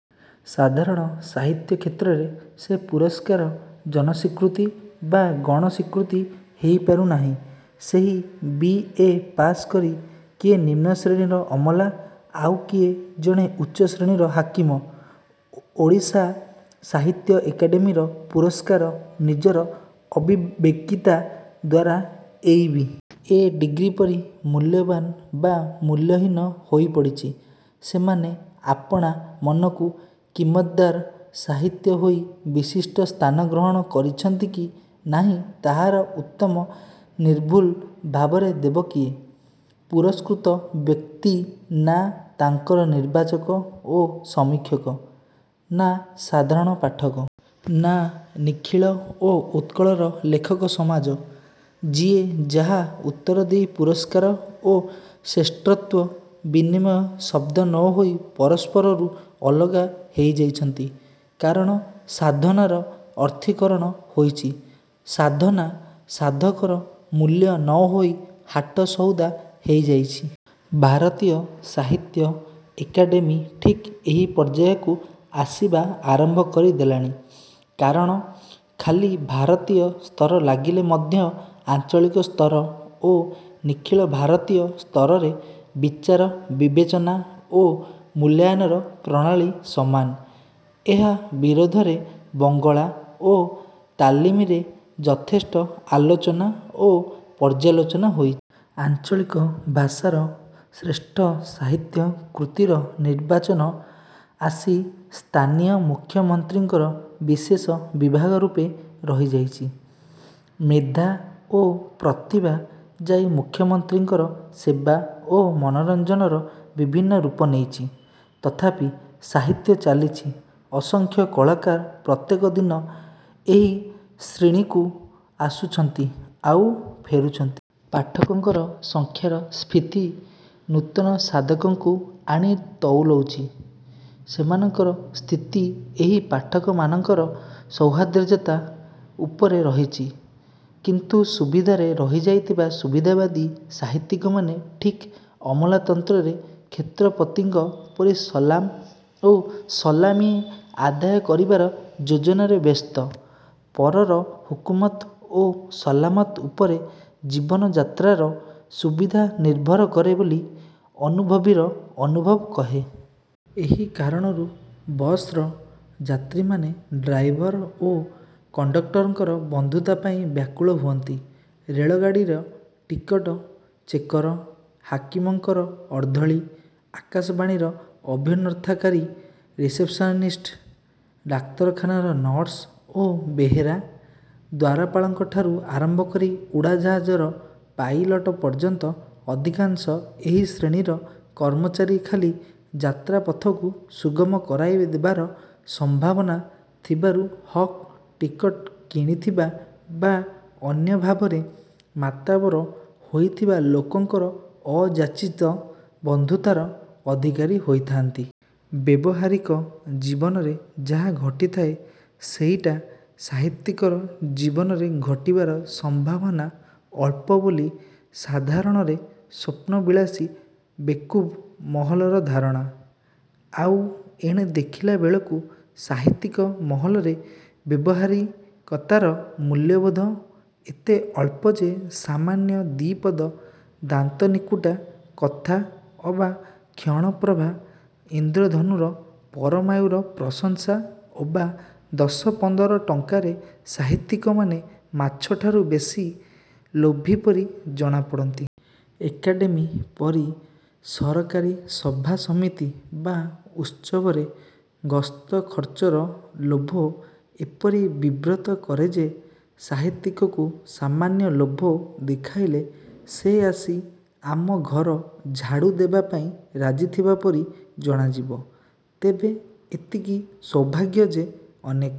ସାଧାରଣ ସାହିତ୍ୟ କ୍ଷେତ୍ରରେ ସେ ପୁରସ୍କାର ଜନସ୍ୱୀକୃତି ବା ଗଣ-ସ୍ୱୀକୃତି ହେଇ ପାରୁ ନାହିଁ। ସେହି ବି. ଏ. ପାସ୍ କରି କିଏ ନିମ୍ନ ଶ୍ରେଣୀର ଅମଲା। ଆଉ କିଏ ଜଣେ ଉଚ୍ଚ ଶ୍ରେଣୀର ହାକିମ। ଓଡ଼ିଶା ସାହିତ୍ୟ ଏକାଡେମିର ପୁରସ୍କାର ନିଜର ଅବିବେକିତା ଦ୍ୱାରା ଏଇ ବି. ଏ. ଡିଗ୍ରିପରି ମୂଲ୍ୟବାନ୍ ବା ମୂଲ୍ୟହୀନ ହୋଇପଡ଼ିଛି। ସେମାନେ ଆପଣା ମନକୁ କିମତ୍ଦାର ସାହିତ୍ୟିକ ହୋଇ ବିଶିଷ୍ଟ ସ୍ଥାନ ଗ୍ରହଣ କରିଛନ୍ତି କି ନାହିଁ ତାହାର ଉତ୍ତର ନିର୍ଭୁଲ ଭାବରେ ଦେବ କିଏ? ପୁରସ୍କୃତ ବ୍ୟକ୍ତି ନା ତାଙ୍କର ନିର୍ବାଚକ ଓ ସମୀକ୍ଷକ? ନା ସାଧାରଣ ପାଠକ? ନା ନିଖିଳ ଓ ଉତ୍କଳର ଲେଖକ ସମାଜ।? ଯିଏ ଯାହା ଉତ୍ତର ଦେଉ ପୁରସ୍କାର ଓ ଶ୍ରେଷ୍ଠତ୍ୱ ବିନିମୟ ଶଦ୍ଦ ନ ହୋଇ ପରସ୍ପରରୁ ଅଲଗା ହେଇ ଯାଇଛନ୍ତି। କାରଣ ସାଧନାର ଅର୍ଥୀକରଣ ହୋଇଛି। ସାଧନା ସାଧକର ମୂଲ୍ୟ ନ ହୋଇ ହାଟ ସଉଦା ହେଇଯାଇଛି। ଭାରତୀୟ ସାହିତ୍ୟ ଏକାଡେମି ଠିକ୍ ଏହି ପର୍ଯ୍ୟାୟକୁ ଆସିବା ଆରମ୍ଭ କରି ଦେଲାଣି। କାରଣ ଖାଲି ଭାରତୀୟ ସ୍ତର ଲାଗିଲେ ମଧ୍ୟ ଆଞ୍ଚଳିକ ସ୍ତର ଓ ନିଖିଳ ଭାରତୀୟ ସ୍ତରରେ ବିଚାର ବିବେଚନା ଓ ମୂଲ୍ୟାୟନର ପ୍ରଣାଳୀ ସମାନ। ଏହା ବିରୁଦ୍ଧରେ ବଙ୍ଗଳା ଓ ତାମିଲରେ ଯଥେଷ୍ଟ ଆଲୋଚନା ଓ ପର୍ଯ୍ୟାଲୋଚନା ହୋଇଛି। ଆଞ୍ଚଳିକ ଭାଷାର ଶ୍ରେଷ୍ଠ ସାହିତ୍ୟ କୃତିର ନିର୍ବାଚନ ଆସି ସ୍ଥାନୀୟ ମୁଖ୍ୟମନ୍ତ୍ରୀଙ୍କର ବିଶେଷ ବିଭାଗ ରୂପେ ରହିଯାଇଛି। ମେଧା ଓ ପ୍ରତିଭା ଯାଇ ମୁଖ୍ୟମନ୍ତ୍ରୀଙ୍କର ସେବା ଓ ମନୋରଞ୍ଜନର ବିଭିନ୍ନ ରୂପ ନେଇଛି। ତଥାପି ସାହିତ୍ୟ ଚାଲିଛି। ଅସଂଖ୍ୟ କଳାକାର ପ୍ରତ୍ୟେକ ଦିନ ଏହି ଶ୍ରୀଣୀକୁ ଆସୁଛନ୍ତି ଆଉ ଫେରୁଛନ୍ତି। ପାଠକଙ୍କର ସଂଖ୍ୟାର ସ୍ଫୀତି ନୂତନ ସାଧକଙ୍କୁ ଆଣି ତଉଲୁଛି। ସେମାନଙ୍କର ସ୍ଥିତି ଏହି ପାଠକମାନଙ୍କର ସୌହାର୍ଦ୍ୟତା ଉପରେ ରହିଛି। କିନ୍ତୁ ସୁବିଧାରେ ରହିଯାଇଥିବା ସୁବିଧାବାଦୀ ସାହିତ୍ୟିକମାନେ ଠିକ୍ ଅମଲାତନ୍ତ୍ରରେ କ୍ଷେତ୍ରପତିଙ୍କ ପରି ସଲାମ୍ ଓ ସଲାମି ଆଦୟ କରିବାର ଯୋଜନାରେ ବ୍ୟସ୍ତ। ପରର ହୁକୁମତ୍ ଓ ସଲାମତ ଉପରେ ଜୀବନଯାତ୍ରାର ସୁବିଧା ନିର୍ଭର କରେ ବୋଲି ଅନୁଭବୀର ଅନୁଭବ କହେ। ଏହି କାରଣରୁ ବସ୍ର ଯାତ୍ରୀମାନେ ଡ୍ରାଇଭର ଓ କଣ୍ତକ୍ଟରଙ୍କର ବନ୍ଧୁତା ପାଇଁ ବ୍ୟାକୁଳ ହୁଅନ୍ତି। ରେଳଗାଡ଼ିର ଟିକଟ ଚେକର, ହାକିମଙ୍କର ଅର୍ଦ୍ଦଳୀ ଆକାଶବାଣୀର ଅଭ୍ୟର୍ଥନାକାରୀ ରିସେପସନିଷ୍ଟ, ଡାକ୍ତରଖାନାର ନର୍ସ ଓ ବେହେରା, ଦ୍ୱାରପାଳଙ୍କଠାରୁ ଆରମ୍ଭ କରି ଉଡ଼ାଜାହାଜର ପାଇଲଟ ପର୍ଯ୍ୟନ୍ତ ଅଧିକାଂଶ ଏହି ଶ୍ରେଣୀର କର୍ମଚାରୀ ଖାଲି ଯାତ୍ରାପଥକୁ ସୁଗମ କରାଇ ଦେବାର ସମ୍ଭାବନା ଥିବାରୁ ହକ୍ ଟିକଟ କିଣିଥିବା ବା ଅନ୍ୟ ଭାବରେ ମାତବର ହୋଇଥିବା ଲୋକଙ୍କର ଅଯାଚିତ ବନ୍ଧୁତାର ଅଧିକାରୀ ହୋଇଥାନ୍ତି। ବ୍ୟବହାରିକ ଜୀବନରେ ଯାହା ଘଟିଥାଏ ସେଇଟା ସାହିତ୍ୟିକର ଜୀବନରେ ଘଟିବାର ସମ୍ଭାବନା ଅଳ୍ପ ବୋଲି ସାଧାରଣରେ ସ୍ୱପ୍ନବିଳାସୀ ବେକୁବ୍ ମହଲର ଧାରଣା। ଆଉ ଏଣେ ଦେଖିଲା ବେଳକୁ ସାହିତ୍ୟିକ ମହଲରେ ବ୍ୟବହାରିକତାର ମୂଲ୍ୟବୋଧ ଏତେ ଅଳ୍ପ ଯେ ସାମାନ୍ୟ ଦି'ପଦ ଦାନ୍ତନିକୁଟା କଥା ଅବା କ୍ଷଣପ୍ରଭା ଇନ୍ଦ୍ରଧନୁର ପରମାୟୁର ପ୍ରଶଂସା ଅବା ଦଶ ପନ୍ଦର ଟଙ୍କାରେ ସାହିତ୍ୟିକମାନେ ମାଛଠାରୁ ବେଶି ଲୋଭୀ ପରି ଜଣାପଡ଼ନ୍ତି। ଏକାଡେମି ପରି ସରକାରୀ ସଭାସମିତି ବା ଉତ୍ସବରେ ଗସ୍ତ ଖର୍ଚ୍ଚର ଲୋଭ ଏପରି ବିବ୍ରତ କରେ ଯେ ସାହିତ୍ୟିକକୁ ସାମାନ୍ୟ ଲୋଭ ଦେଖାଇଲେ ସେ ଆସି ଆମ ଘର ଝାଡ଼ୁ ଦେବା ପାଇଁ ରାଜିଥିବା ପରି ଜଣାଯିବ। ତେବେ ଏତିକି ସୌଭାଗ୍ୟ ଯେ ଅନେକ